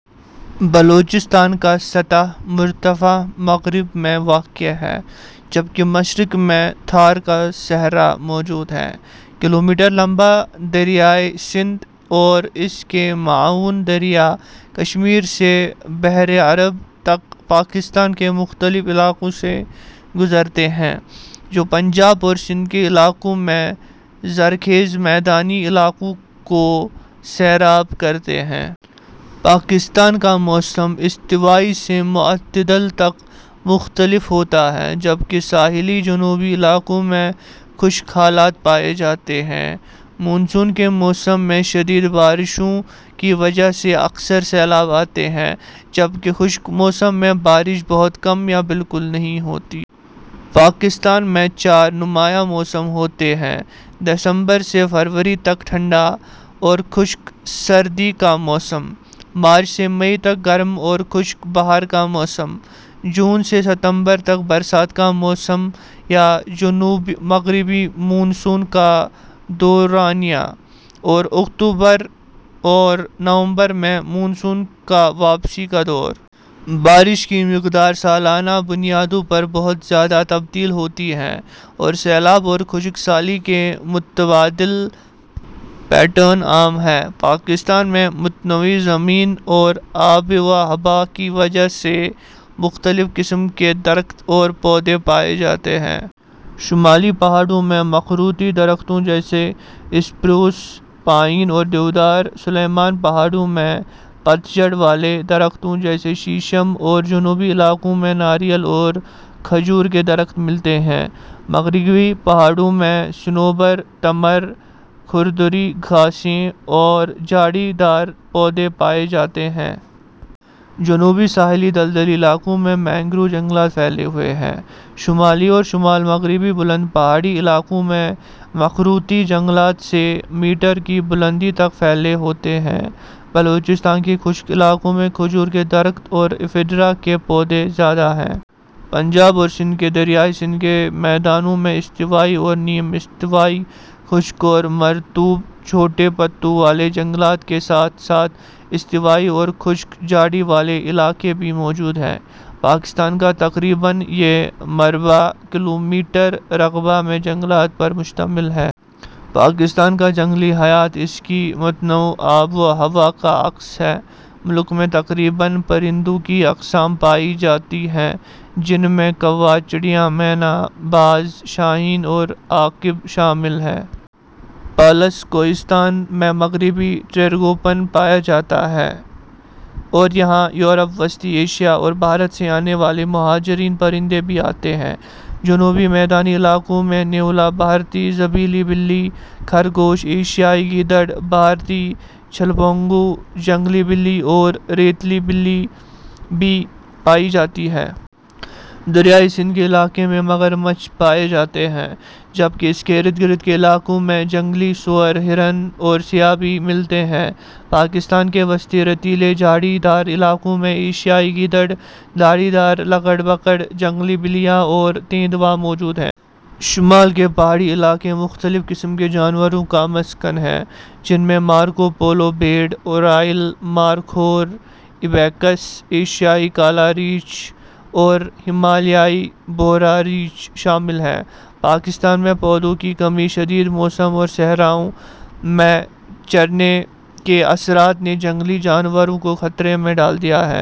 بلوچستان کا سطح مرتفع مغرب میں واقع ہے جبکہ مشرق میں تھر کا صحرا موجود ہے۔ کلومیٹر لمبا دریائے سندھ اور اس کے معاون دریا کشمیر سے بحیرہ عرب تک پاکستان کے مختلف علاقوں سے گزرتے ہیں، جو پنجاب اور سندھ کے علاقوں میں زرخیز میدانی علاقوں کو سیراب کرتے ہیں۔ پاکستان کا موسم استوائی سے معتدل تک مختلف ہوتا ہے، جبکہ ساحلی جنوبی علاقوں میں خشک حالات پائے جاتے ہیں۔ مون سون کے موسم میں شدید بارشوں کی وجہ سے اکثر سیلاب آتے ہیں، جبکہ خشک موسم میں بارش بہت کم یا بالکل نہیں ہوتی۔ پاکستان میں چار نمایاں موسم ہوتے ہیں: دسمبر سے فروری تک ٹھنڈا اور خشک سردی کا موسم؛ مارچ سے مئی تک گرم اور خشک بہار کا موسم؛ جون سے ستمبر تک برسات کا موسم یا جنوب مغربی مون سون کا دورانیہ؛ اور اکتوبر اور نومبر میں مون سون کا واپسی کا دور۔ بارش کی مقدار سالانہ بنیادوں پر بہت زیادہ تبدیل ہوتی ہے اور سیلاب اور خشک سالی کے متبادل پیٹرن عام ہیں۔ پاکستان میں متنوع زمین اور آب و ہوا کی وجہ سے مختلف قسم کے درخت اور پودے پائے جاتے ہیں۔ شمالی پہاڑوں میں مخروطی درختوں جیسے اسپروس، پائن اور دیودار، سلیمان پہاڑوں میں پت جھڑ والے درختوں جیسے شیشم اور جنوبی علاقوں میں ناریل اور کھجور کے درخت ملتے ہیں۔ مغربی پہاڑوں میں صنوبر، تمر، کھردری گھاسیں اور جھاڑی دار پودے پائے جاتے ہیں۔ جنوبی ساحلی دلدلی علاقوں میں مینگروو جنگلات پھیلے ہوئے ہیں۔ شمالی اور شمال مغربی بلند پہاڑی علاقوں میں مخروطی جنگلات سے میٹر کی بلندی تک پھیلے ہوتے ہیں۔ بلوچستان کے خشک علاقوں میں کھجور کے درخت اور افیڈرا کے پودے زیادہ ہیں۔ پنجاب اور سندھ کے دریائے سندھ کے میدانوں میں استوائی اور نیم استوائی خشک اور مرطوب چوڑے پتوں والے جنگلات کے ساتھ ساتھ استوائی اور خشک جھاڑی دار علاقے بھی موجود ہیں۔ پاکستان کا تقریباً یا مربع کلومیٹر رقبہ میں جنگلات پر مشتمل تھا۔ پاکستان کا جنگلی حیات اس کی متنوع آب و ہوا کا عکس ہے۔ ملک میں تقریباً پرندوں کی اقسام پائی جاتی ہیں جن میں کوا، چڑیا، مینا، باز، شاہین اور عقاب شامل ہیں۔ پالس، کوہستان میں مغربی ٹریگوپن پایا جاتا ہے اور یہاں یورپ، وسطی ایشیا اور بھارت سے آنے والے مہاجر پرندے بھی آتے ہیں۔ جنوبی میدانی علاقوں میں نیولا، بھارتی زبیلی بلی، خرگوش، ایشیائی گیدڑ، بھارتی چھلپانگو، جنگلی بلی اور ریتلی بلی پائی جاتی ہیں۔ دریائے سندھ کے علاقے میں مگرمچھ پائے جاتے ہیں جبکہ اس کے اردگرد کے علاقوں میں جنگلی سور، ہرن اور سیہ بھی ملتے ہیں۔ پاکستان کے وسطی ریتیلے جھاڑی دار علاقوں میں ایشیائی گیدڑ، دھاری دار لگڑبگڑ، جنگلی بلیاں اور تیندوا موجود ہیں۔ شمال کے پہاڑی علاقے مختلف قسم کے جانوروں کا مسکن ہیں جن میں مارکو پولو بھیڑ، اورئیل، مارخور، آئبیکس، ایشیائی کالا ریچھ اور ہمالیائی بھورا ریچھ شامل ہیں۔ پاکستان میں پودوں کی کمی، شدید موسم اور صحراوں میں چرنے کے اثرات نے جنگلی جانوروں کو خطرے میں ڈال دیا ہے۔